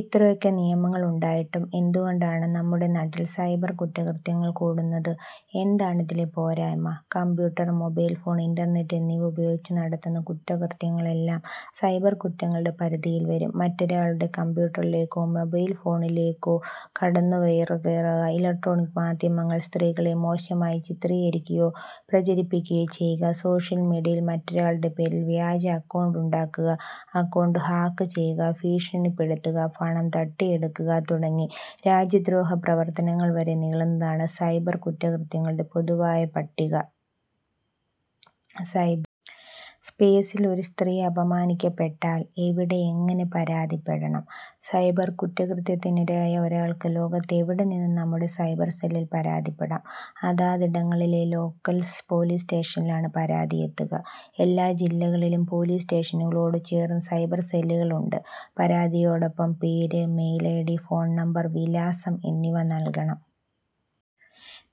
ഇത്രയൊക്കെ നിയമങ്ങൾ ഉണ്ടായിട്ടും എന്തുകൊണ്ടാണ് നമ്മുടെ നാട്ടിൽ സൈബർ കുറ്റകൃത്യങ്ങൾ കൂടുന്നത്. എന്താണിതിലെ പോരായ്മ. കമ്പ്യൂട്ടർ, മൊബൈൽ ഫോൺ, ഇന്റർനെറ്റ് എന്നിവ ഉപയോഗിച്ച് നടത്തുന്ന കുറ്റകൃത്യങ്ങളെല്ലാം സൈബർ കുറ്റങ്ങളുടെ പരിധിയിൽ വരും. മറ്റൊരാളുടെ കമ്പ്യൂട്ടറിലേക്കോ മൊബൈൽ ഫോണിലേക്കോ കടന്നുകയറുക, ഇലക്ട്രോണിക് മാധ്യമങ്ങളിൽ സ്ത്രീകളെ മോശമായി ചിത്രീകരിക്കുകയോ പ്രചരിപ്പിക്കുകയോ ചെയ്യുക, സോഷ്യൽ മീഡിയയിൽ മറ്റൊരാളുടെ പേരിൽ വ്യാജ അക്കൗണ്ടുണ്ടാക്കുക, അക്കൗണ്ട് ഹാക്ക് ചെയ്യുക, ഭീഷണിപ്പെടുത്തുക, പണം തട്ടിയെടുക്കുക തുടങ്ങി രാജ്യദ്രോഹ പ്രവർത്തനങ്ങൾ വരെ നീളുന്നതാണ് സൈബർ കുറ്റകൃത്യങ്ങളുടെ പൊതുവായ പട്ടിക.സൈ സ്പേസിൽ ഒരു സ്ത്രീ അപമാനിക്കപ്പെട്ടാൽ എവിടെ എങ്ങനെ പരാതിപ്പെടണം. സൈബർ കുറ്റകൃത്യത്തിനിരയായ ഒരാൾക്ക് ലോകത്ത് എവിടെനിന്നും നമ്മുടെ സൈബർ സെല്ലിൽ പരാതിപ്പെടാം. അതാതിടങ്ങളിലെ ലോക്കൽസ് പൊലീസ് സ്റ്റേഷനിലാണ് പരാതി എത്തുക. എല്ലാ ജില്ലകളിലും പൊലീസ് സ്റ്റേഷനുകളോട് ചേർന്ന് സൈബർ സെല്ലുകൾ ഉണ്ട്. പരാതിയോടൊപ്പം പേര്, മെയിൽ ഐഡി, ഫോൺ നമ്പർ, വിലാസം എന്നിവ നൽകണം.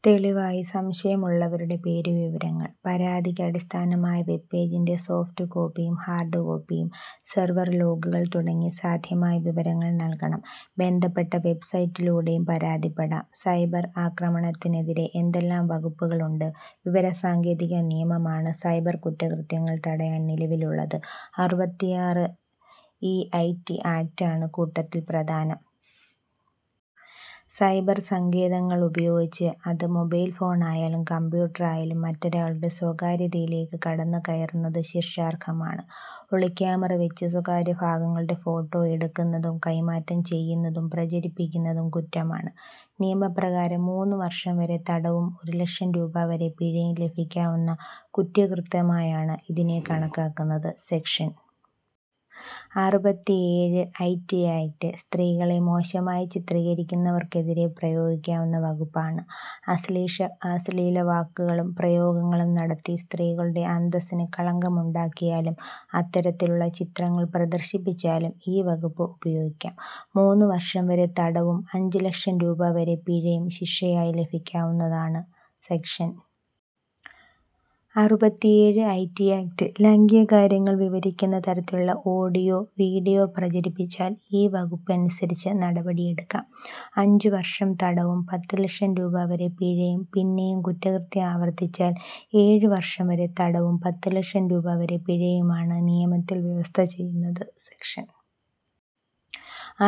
തെളിവായി സംശയമുള്ളവരുടെ പേരുവിവരങ്ങൾ, പരാതിക്ക് അടിസ്ഥാനമായ വെബ് പേജിന്റെ സോഫ്റ്റ് കോപ്പിയും ഹാർഡ് കോപ്പിയും, സെർവർ ലോഗുകൾ തുടങ്ങി സാധ്യമായ വിവരങ്ങൾ നൽകണം. ബന്ധപ്പെട്ട വെബ്സൈറ്റിലൂടെയും പരാതിപ്പെടാം. സൈബർ ആക്രമണത്തിനെതിരെ എന്തെല്ലാം വകുപ്പുകളുണ്ട്. വിവര സാങ്കേതിക നിയമമാണ് സൈബർ കുറ്റകൃത്യങ്ങൾ തടയാൻ നിലവിലുള്ളത്. അറുപത്തിയാറ് ഇ ഐ ടി ആക്ടാണ് കൂട്ടത്തിൽ പ്രധാനം. സൈബർ സങ്കേതങ്ങൾ ഉപയോഗിച്ച് അത് മൊബൈൽ ഫോണായാലും കമ്പ്യൂട്ടറായാലും മറ്റൊരാളുടെ സ്വകാര്യതയിലേക്ക് കടന്നുകയറുന്നത് ശിക്ഷാർഹമാണ്. ഒളിക്യാമറ വച്ച് സ്വകാര്യ ഭാഗങ്ങളുടെ ഫോട്ടോ എടുക്കുന്നതും കൈമാറ്റം ചെയ്യുന്നതും പ്രചരിപ്പിക്കുന്നതും കുറ്റമാണ്. നിയമപ്രകാരം മൂന്ന് വർഷം വരെ തടവും ഒരു ലക്ഷം രൂപ വരെ പിഴയും ലഭിക്കാവുന്ന കുറ്റകൃത്യമായാണ് ഇതിനെ കണക്കാക്കുന്നത്. സെക്ഷൻ അറുപത്തിയേഴ് ഐ ടി ആക്ട് സ്ത്രീകളെ മോശമായി ചിത്രീകരിക്കുന്നവർക്കെതിരെ പ്രയോഗിക്കാവുന്ന വകുപ്പാണ്. അശ്ലീഷ അശ്ലീല വാക്കുകളും പ്രയോഗങ്ങളും നടത്തി സ്ത്രീകളുടെ അന്തസിന് കളങ്കമുണ്ടാക്കിയാലും അത്തരത്തിലുള്ള ചിത്രങ്ങൾ പ്രദർശിപ്പിച്ചാലും ഈ വകുപ്പ് ഉപയോഗിക്കാം. മൂന്ന് വർഷം വരെ തടവും അഞ്ച് ലക്ഷം രൂപ വരെ പിഴയും ശിക്ഷയായി ലഭിക്കാവുന്നതാണ്. സെക്ഷൻ അറുപത്തിയേഴ് ഐ ടി ആക്ട് ലൈംഗിക കാര്യങ്ങൾ വിവരിക്കുന്ന തരത്തിലുള്ള ഓഡിയോ വീഡിയോ പ്രചരിപ്പിച്ചാൽ ഈ വകുപ്പനുസരിച്ച് നടപടി എടുക്കാം. അഞ്ച് വർഷം തടവും പത്ത് ലക്ഷം രൂപ വരെ പിഴയും പിന്നെയും കുറ്റകൃത്യം ആവർത്തിച്ചാൽ ഏഴ് വർഷംവരെ തടവും പത്ത് ലക്ഷം രൂപ വരെ പിഴയുമാണ് നിയമത്തിൽ വ്യവസ്ഥ ചെയ്യുന്നത്. സെക്ഷൻ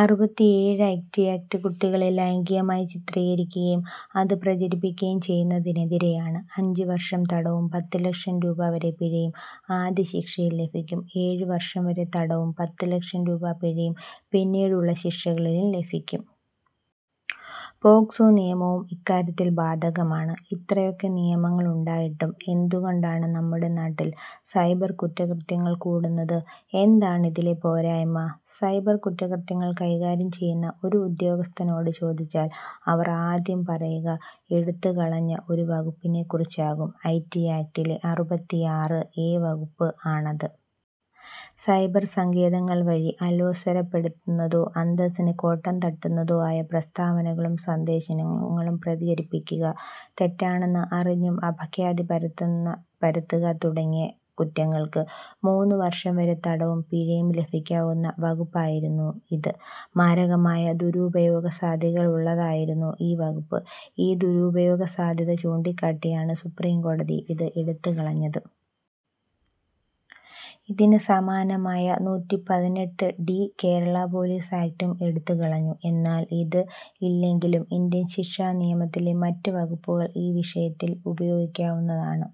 അറുപത്തിയേഴ് ഐ ടി ആക്ട് കുട്ടികളെ ലൈംഗികമായി ചിത്രീകരിക്കുകയും അത് പ്രചരിപ്പിക്കുകയും ചെയ്യുന്നതിനെതിരെയാണ്. അഞ്ച് വർഷം തടവും പത്ത് ലക്ഷം രൂപ വരെ പിഴയും ആദ്യ ശിക്ഷയിൽ ലഭിക്കും. ഏഴ് വർഷം വരെ തടവും പത്ത് ലക്ഷം രൂപ വരെ പിഴയും പിന്നീടുള്ള ശിക്ഷകളിലും ലഭിക്കും. പോക്സോ നിയമവും ഇക്കാര്യത്തിൽ ബാധകമാണ്. ഇത്രയൊക്കെ നിയമങ്ങൾ ഉണ്ടായിട്ടും എന്തുകൊണ്ടാണ് നമ്മുടെ നാട്ടിൽ സൈബർ കുറ്റകൃത്യങ്ങൾ കൂടുന്നത്. എന്താണിതിലെ പോരായ്മ. സൈബർ കുറ്റകൃത്യങ്ങൾ കൈകാര്യം ചെയ്യുന്ന ഒരു ഉദ്യോഗസ്ഥനോട് ചോദിച്ചാൽ അവർ ആദ്യം പറയുക എടുത്തുകളഞ്ഞ ഒരു വകുപ്പിനെക്കുറിച്ചാകും. ഐ ടി ആക്ടിലെ അറുപത്തിയാറ് എ വകുപ്പ് ആണത്. സൈബർ സങ്കേതങ്ങൾ വഴി അലോസരപ്പെടുത്തുന്നതോ അന്തസ്സിന് കോട്ടം തട്ടുന്നതോ ആയ പ്രസ്താവനകളും സന്ദേശന ങ്ങളും പ്രചരിപ്പിക്കുക, തെറ്റാണെന്ന് അറിഞ്ഞും അപഖ്യാതി പരത്തുന്ന പരത്തുക തുടങ്ങിയ കുറ്റങ്ങൾക്ക് മൂന്ന് വർഷംവരെ തടവും പിഴയും ലഭിക്കാവുന്ന വകുപ്പായിരുന്നു ഇത്. മാരകമായ ദുരുപയോഗ സാധ്യതകളുള്ളതായിരുന്നു ഈ വകുപ്പ്. ഈ ദുരുപയോഗ സാധ്യത ചൂണ്ടിക്കാട്ടിയാണ് സുപ്രീംകോടതി ഇത് എടുത്തുകളഞ്ഞത്. ഇതിന് സമാനമായ നൂറ്റിപ്പതിനെട്ട് ഡി കേരള പൊലീസ് ആക്ടും എടുത്തുകളഞ്ഞു. എന്നാൽ ഇത് ഇല്ലെങ്കിലും ഇന്ത്യൻ ശിക്ഷാ നിയമത്തിലെ മറ്റ് വകുപ്പുകൾ ഈ വിഷയത്തിൽ ഉപയോഗിക്കാവുന്നതാണ്.